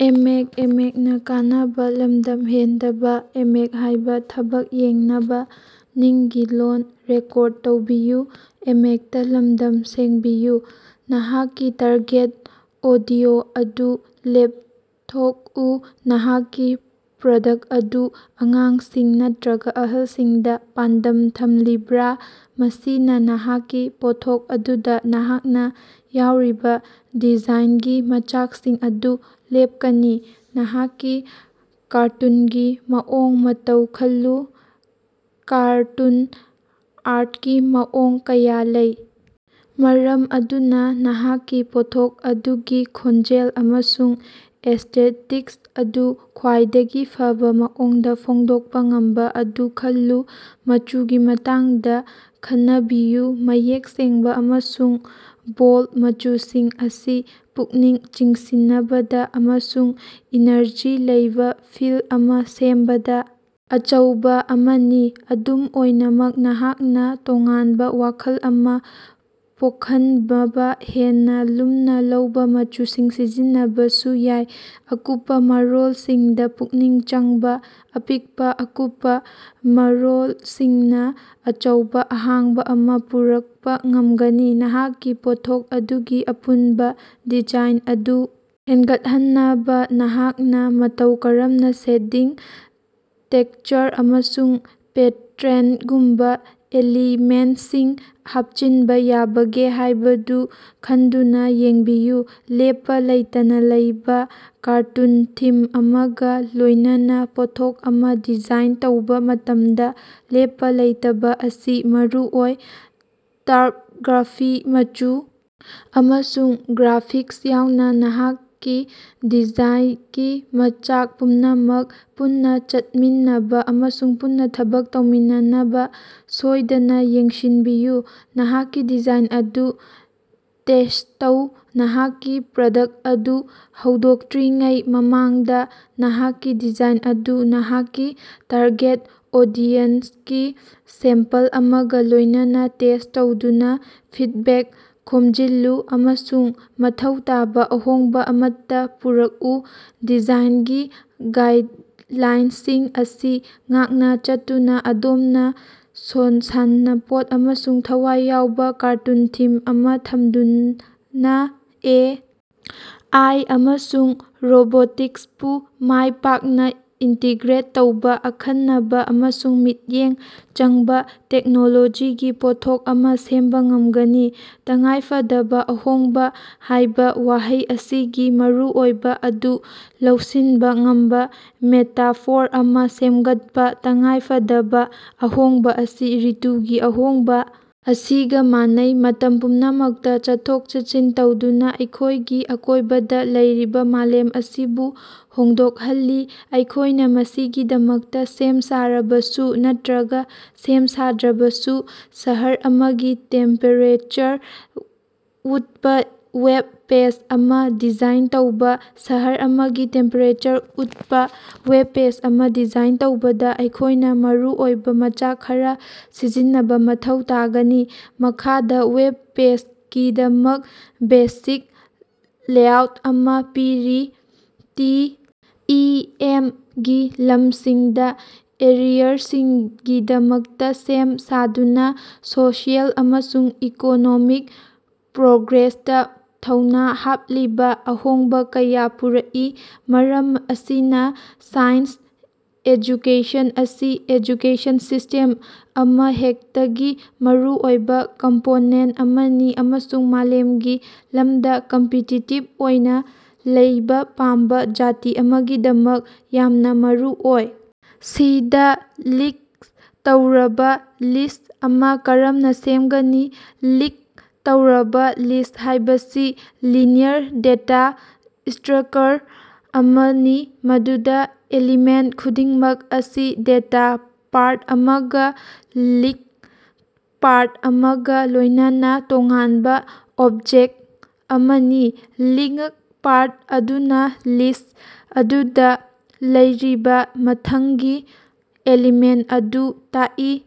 ꯅꯍꯥꯛꯀꯤ target audio ꯑꯗꯨ ꯂꯦꯞꯊꯣꯛꯎ: ꯅꯍꯥꯛꯀꯤ ꯄ꯭ꯔꯗꯛ ꯑꯗꯨ ꯑꯉꯥꯡꯁꯤꯡ ꯅꯠꯇꯔꯒ ꯑꯍꯜꯁꯤꯡꯗ ꯄꯥꯟꯗꯝ ꯊꯝꯂꯤꯕꯔꯥ? ꯃꯁꯤꯅ ꯅꯍꯥꯛꯀꯤ ꯄꯣꯠꯊꯣꯛ ꯑꯗꯨꯗ ꯅꯍꯥꯛꯅ ꯌꯥꯎꯔꯤꯕ ꯗꯤꯖꯥꯏꯟꯒꯤ ꯃꯆꯥꯛꯁꯤꯡ ꯑꯗꯨ ꯂꯦꯞꯀꯅꯤ꯫ ꯅꯍꯥꯛꯀꯤ ꯀꯥꯔꯇꯨꯟꯒꯤ ꯃꯑꯣꯡ ꯃꯇꯧ ꯈꯜꯂꯨ: ꯀꯥꯔꯇꯨꯟ ꯑꯥ꯭ꯔꯠꯀꯤ ꯃꯑꯣꯡ ꯀꯌꯥ ꯂꯩ, ꯃꯔꯝ ꯑꯗꯨꯅ ꯅꯍꯥꯛꯀꯤ ꯄꯣꯠꯊꯣꯛ ꯑꯗꯨꯒꯤ ꯈꯣꯟꯖꯦꯜ ꯑꯃꯁꯨꯡ ꯑꯦꯁ꯭ꯇꯦꯇꯤꯛꯁ ꯑꯗꯨ ꯈ꯭ꯋꯥꯏꯗꯒꯤ ꯐꯕ ꯃꯑꯣꯡꯗ ꯐꯣꯡꯗꯣꯛꯄ ꯉꯝꯕ ꯑꯗꯨ ꯈꯜꯂꯨ꯫ ꯃꯆꯨꯒꯤ ꯃꯇꯥꯡꯗ ꯈꯅꯕꯤꯌꯨ: ꯃꯌꯦꯛ ꯁꯦꯡꯕ ꯑꯃꯁꯨꯡ ꯕꯣꯜꯗ ꯃꯆꯨꯁꯤꯡ ꯑꯁꯤ ꯄꯨꯛꯅꯤꯡ ꯆꯤꯡꯁꯤꯅꯕꯗ ꯑꯃꯁꯨꯡ ꯏꯅ꯭ꯔꯖꯤ ꯂꯩꯕ ꯐꯤꯜ ꯑꯃ ꯁꯦꯝꯕꯗ ꯑꯆꯧꯕ ꯑꯃꯅꯤ꯫ ꯑꯗꯨꯝ ꯑꯣꯏꯅꯃꯛ, ꯅꯍꯥꯛꯅ ꯇꯣꯉꯥꯟꯕ ꯋꯥꯈꯜ ꯑꯃ ꯄꯣꯈꯟꯅꯕ ꯍꯦꯟꯅ ꯂꯨꯝꯅ ꯂꯧꯕ ꯃꯆꯨꯁꯤꯡ ꯁꯤꯖꯤꯟꯅꯕꯁꯨ ꯌꯥꯏ꯫ ꯑꯀꯨꯞꯄ ꯃꯔꯣꯜꯁꯤꯡꯗ ꯄꯨꯛꯅꯤꯡ ꯆꯪꯕꯥ: ꯑꯄꯤꯛꯄ ꯑꯀꯨꯞꯄ ꯃꯔꯣꯜꯁꯤꯡꯅ ꯑꯆꯧꯕ ꯑꯍꯣꯡꯕ ꯑꯃ ꯄꯨꯔꯛꯄ ꯉꯝꯒꯅꯤ꯫ ꯅꯍꯥꯛꯀꯤ ꯄꯣꯠꯊꯣꯛ ꯑꯗꯨꯒꯤ ꯑꯄꯨꯟꯕ ꯗꯤꯖꯥꯏꯟ ꯑꯗꯨ ꯍꯦꯟꯒꯠꯍꯟꯅꯕ ꯅꯍꯥꯛꯅ ꯃꯇꯧ ꯀꯔꯝꯅ ꯁꯦꯗꯤꯡ, ꯇꯦꯛꯁꯆꯔ, ꯑꯃꯁꯨꯡ ꯄꯦꯇ꯭ꯔꯟꯒꯨꯝꯕ ꯑꯦꯂꯤꯃꯦꯟꯠꯁꯤꯡ ꯍꯥꯞꯆꯤꯟꯕ ꯌꯥꯕꯒꯦ ꯍꯥꯏꯕꯗꯨ ꯈꯟꯗꯨꯅ ꯌꯦꯡꯕꯤꯌꯨ꯫ ꯂꯦꯞꯄ ꯂꯩꯇꯅ ꯂꯩꯕ: ꯀꯥꯔꯇꯨꯟ ꯊꯤꯝ ꯑꯃꯒ ꯂꯣꯏꯅꯅ ꯄꯣꯠꯊꯣꯛ ꯑꯃ ꯗꯤꯖꯥꯏꯟ ꯇꯧꯕ ꯃꯇꯝꯗ ꯂꯦꯞꯄ ꯂꯩꯇꯕ ꯑꯁꯤ ꯃꯔꯨ ꯑꯣꯏ꯫ ꯇꯥꯏꯄꯒ꯭ꯔꯥꯐꯤ, ꯃꯆꯨ, ꯑꯃꯁꯨꯡ ꯒ꯭ꯔꯥꯐꯤꯛꯁ ꯌꯥꯎꯅ ꯅꯍꯥꯛꯀꯤ ꯗꯤꯖꯥꯏꯒꯤ ꯃꯆꯥꯛ ꯄꯨꯝꯅꯃꯛ ꯄꯨꯟꯅ ꯆꯠꯃꯤꯟꯅꯕ ꯑꯃꯁꯨꯡ ꯄꯨꯟꯅ ꯊꯕꯛ ꯇꯧꯃꯤꯟꯅꯅꯕ ꯁꯣꯏꯗꯅ ꯌꯦꯡꯁꯤꯟꯕꯤꯌꯨ꯫ ꯅꯍꯥꯛꯀꯤ ꯗꯤꯖꯥꯏꯟ ꯑꯗꯨ ꯇꯦꯁ꯭ꯠ ꯇꯧ: ꯅꯍꯥꯛꯀꯤ ꯄ꯭ꯔꯗꯛ ꯑꯗꯨ ꯍꯧꯗꯣꯛꯇꯔꯤꯉꯩ ꯃꯃꯥꯡꯗ, ꯅꯍꯥꯛꯀꯤ ꯗꯤꯖꯥꯏꯟ ꯑꯗꯨ ꯅꯍꯥꯛꯀꯤ ꯇꯥꯔꯒꯦꯠ ꯑꯣꯗꯤꯌꯦꯟꯁꯀꯤ ꯁꯦꯝꯄꯜ ꯑꯃꯒ ꯂꯣꯏꯅꯅ ꯇꯦꯁ꯭ꯠ ꯇꯧꯗꯨꯅ ꯐꯤꯠꯕꯦꯛ ꯈꯣꯝꯖꯤꯜꯂꯨ ꯑꯃꯁꯨꯡ ꯃꯊꯧ ꯇꯥꯕ ꯑꯍꯣꯡꯕ ꯑꯃꯠꯇ ꯄꯨꯔꯛꯎ꯫ ꯗꯤꯖꯥꯏꯟꯒꯤ ꯒꯥꯏꯗꯂꯥꯏꯟꯁꯤꯡ ꯑꯁꯤ ꯉꯥꯛꯅ ꯆꯠꯇꯨꯅ ꯑꯗꯣꯝꯅ ꯁꯥꯟꯅꯄꯣꯠ ꯑꯃꯁꯨꯡ ꯊꯋꯥꯏ ꯌꯥꯎꯕ ꯀꯥꯔꯇꯨꯟ ꯊꯤꯝ ꯑꯃ ꯊꯝꯗꯨꯅ ꯑꯦ. ꯑꯥꯏ. ꯑꯃꯁꯨꯡ ꯔꯣꯕꯣꯇꯤꯛꯁꯄꯨ ꯃꯥꯏ ꯄꯥꯛꯅ ꯏꯟꯇꯤꯒ꯭ꯔꯦꯠ ꯇꯧꯕ ꯑꯈꯟꯅꯕ ꯑꯃꯁꯨꯡ ꯃꯤꯠꯌꯦꯡ ꯆꯪꯕ ꯇꯦꯛꯅꯣꯂꯣꯖꯤꯒꯤ ꯄꯣꯠꯊꯣꯛ ꯑꯃ ꯁꯦꯝꯕ ꯉꯝꯒꯅꯤ꯫ "ꯇꯉꯥꯏꯐꯗꯕ ꯑꯍꯣꯡꯕ" ꯍꯥꯏꯕ ꯋꯥꯍꯩ ꯑꯁꯤꯒꯤ ꯃꯔꯨꯑꯣꯏꯕ ꯑꯗꯨ ꯂꯧꯁꯤꯟꯕ ꯉꯝꯕ ꯃꯦꯇꯥꯐꯣꯔ ꯑꯃ ꯁꯦꯝꯒꯠꯄ꯫ ꯇꯉꯥꯏꯐꯗꯕ ꯑꯍꯣꯡꯕ ꯑꯁꯤ ꯔꯤꯇꯨꯒꯤ ꯑꯍꯣꯡꯕ ꯑꯁꯤꯒ ꯃꯥꯟꯅꯩ, ꯃꯇꯝ ꯄꯨꯝꯅꯃꯛꯇ ꯆꯠꯊꯣꯛ-ꯆꯠꯁꯤꯟ ꯇꯧꯗꯨꯅ, ꯑꯩꯈꯣꯏꯒꯤ ꯑꯀꯣꯏꯕꯗ ꯂꯩꯔꯤꯕ ꯃꯥꯂꯦꯝ ꯑꯁꯤꯕꯨ ꯍꯣꯡꯗꯣꯛꯍꯜꯂꯤ, ꯑꯩꯈꯣꯏꯅ ꯃꯁꯤꯒꯤꯗꯃꯛꯇ ꯁꯦꯝ ꯁꯥꯔꯕꯁꯨ ꯅꯠꯇꯔꯒ ꯁꯦꯝ ꯁꯥꯗ꯭ꯔꯕꯁꯨ꯫ ꯁꯍꯔ ꯑꯃꯒꯤ ꯇꯦꯝꯄꯦꯔꯦꯆꯔ ꯎꯠꯄꯥ ꯋꯦꯕ ꯄꯦꯖ ꯑꯃꯥ ꯗꯤꯖꯥꯏꯟ ꯇꯧꯕꯥ꯫ ꯁꯍꯔ ꯑꯃꯒꯤ ꯇꯦꯝꯄꯦꯔꯦꯆꯔ ꯎꯠꯄ ꯋꯦꯕ ꯄꯦꯖ ꯑꯃ ꯗꯤꯖꯥꯏꯟ ꯇꯧꯕꯗ ꯑꯩꯈꯣꯏꯅ ꯃꯔꯨꯑꯣꯏꯕ ꯃꯆꯥꯛ ꯈꯔ ꯁꯤꯖꯤꯟꯅꯕ ꯃꯊꯧ ꯇꯥꯒꯅꯤ꯫ ꯃꯈꯥꯗ ꯋꯦꯕ ꯄꯦꯖꯒꯤꯗꯃꯛ ꯕꯦꯁꯤꯛ ꯂꯦꯑꯥꯎꯠ ꯑꯃꯥ ꯄꯤꯔꯤ ꯇꯤ. ꯏ. ꯑꯦꯝ.)ꯒꯤ ꯂꯝꯁꯤꯡꯗ ꯀꯦꯔꯤꯌꯔꯁꯤꯡꯒꯤꯗꯃꯛꯇ ꯁꯦꯝ ꯁꯥꯗꯨꯅ ꯁꯣꯁꯤꯑꯦꯜ ꯑꯃꯁꯨꯡ ꯏꯀꯣꯅꯣꯃꯤꯛ ꯄ꯭ꯔꯣꯒ꯭ꯔꯦꯁꯇ ꯊꯧꯅꯥ ꯍꯥꯞꯂꯤꯕ ꯑꯍꯣꯡꯕ ꯀꯌꯥ ꯄꯨꯔꯛꯏ꯫ ꯃꯔꯝ ꯑꯁꯤꯅ ꯁꯥꯏꯟꯁ ꯑꯦꯖꯨꯀꯦꯁꯟ ꯑꯁꯤ ꯑꯦꯖꯨꯀꯦꯁꯟ ꯁꯤꯁ꯭ꯇꯦꯝ ꯑꯃꯍꯦꯛꯇꯒꯤ ꯃꯔꯨꯑꯣꯏꯕ ꯀꯝꯄꯣꯅꯦꯟꯠ ꯑꯃꯅꯤ ꯑꯃꯁꯨꯡ ꯃꯥꯂꯦꯃꯒꯤ ꯂꯝꯗ ꯀꯝꯄꯤꯇꯤꯇꯤꯕ ꯑꯣꯏꯅ ꯂꯩꯕ ꯄꯥꯝꯕ ꯖꯥꯇꯤ ꯑꯃꯒꯤꯗꯃꯛ ꯌꯥꯝꯅ ꯃꯔꯨꯑꯣꯏ꯫। ꯁꯤ ꯗꯥ ꯂꯤꯡꯛ ꯇꯧꯔꯕ ꯂꯤꯁ꯭ꯠ ꯑꯃ ꯀꯔꯝꯅ ꯁꯦꯝꯒꯅꯤ? ꯂꯤꯡꯛ ꯇꯧꯔꯕ ꯂꯤꯁ꯭ꯠ ꯍꯥꯏꯕꯁꯤ ꯂꯤꯅꯤꯌꯔ ꯗꯦꯇꯥ ꯁ꯭ꯇꯔꯀꯔ ꯑꯃꯅꯤ ꯃꯗꯨꯗ ꯑꯦꯂꯤꯃꯦꯟꯠ ꯈꯨꯗꯤꯡꯃꯛ ꯑꯁꯤ ꯗꯦꯇꯥ ꯄꯥꯔꯠ ꯑꯃꯒ ꯂꯤꯉ꯭ꯛ ꯄꯥꯔꯠ ꯑꯃꯒ ꯂꯣꯏꯅꯅ ꯇꯣꯉꯥꯟꯕ ꯑꯣꯕꯖꯦꯛꯠ ꯑꯃꯅꯤ꯫ ꯂꯤꯉ꯭ꯛ ꯄꯥꯔꯠ ꯑꯗꯨꯅ ꯂꯤꯁ꯭ꯠ ꯑꯗꯨꯗ ꯂꯩꯔꯤꯕ ꯃꯊꯪꯒꯤ ꯑꯦꯂꯤꯃꯦꯟꯠ ꯑꯗꯨ ꯇꯥꯛꯏ꯫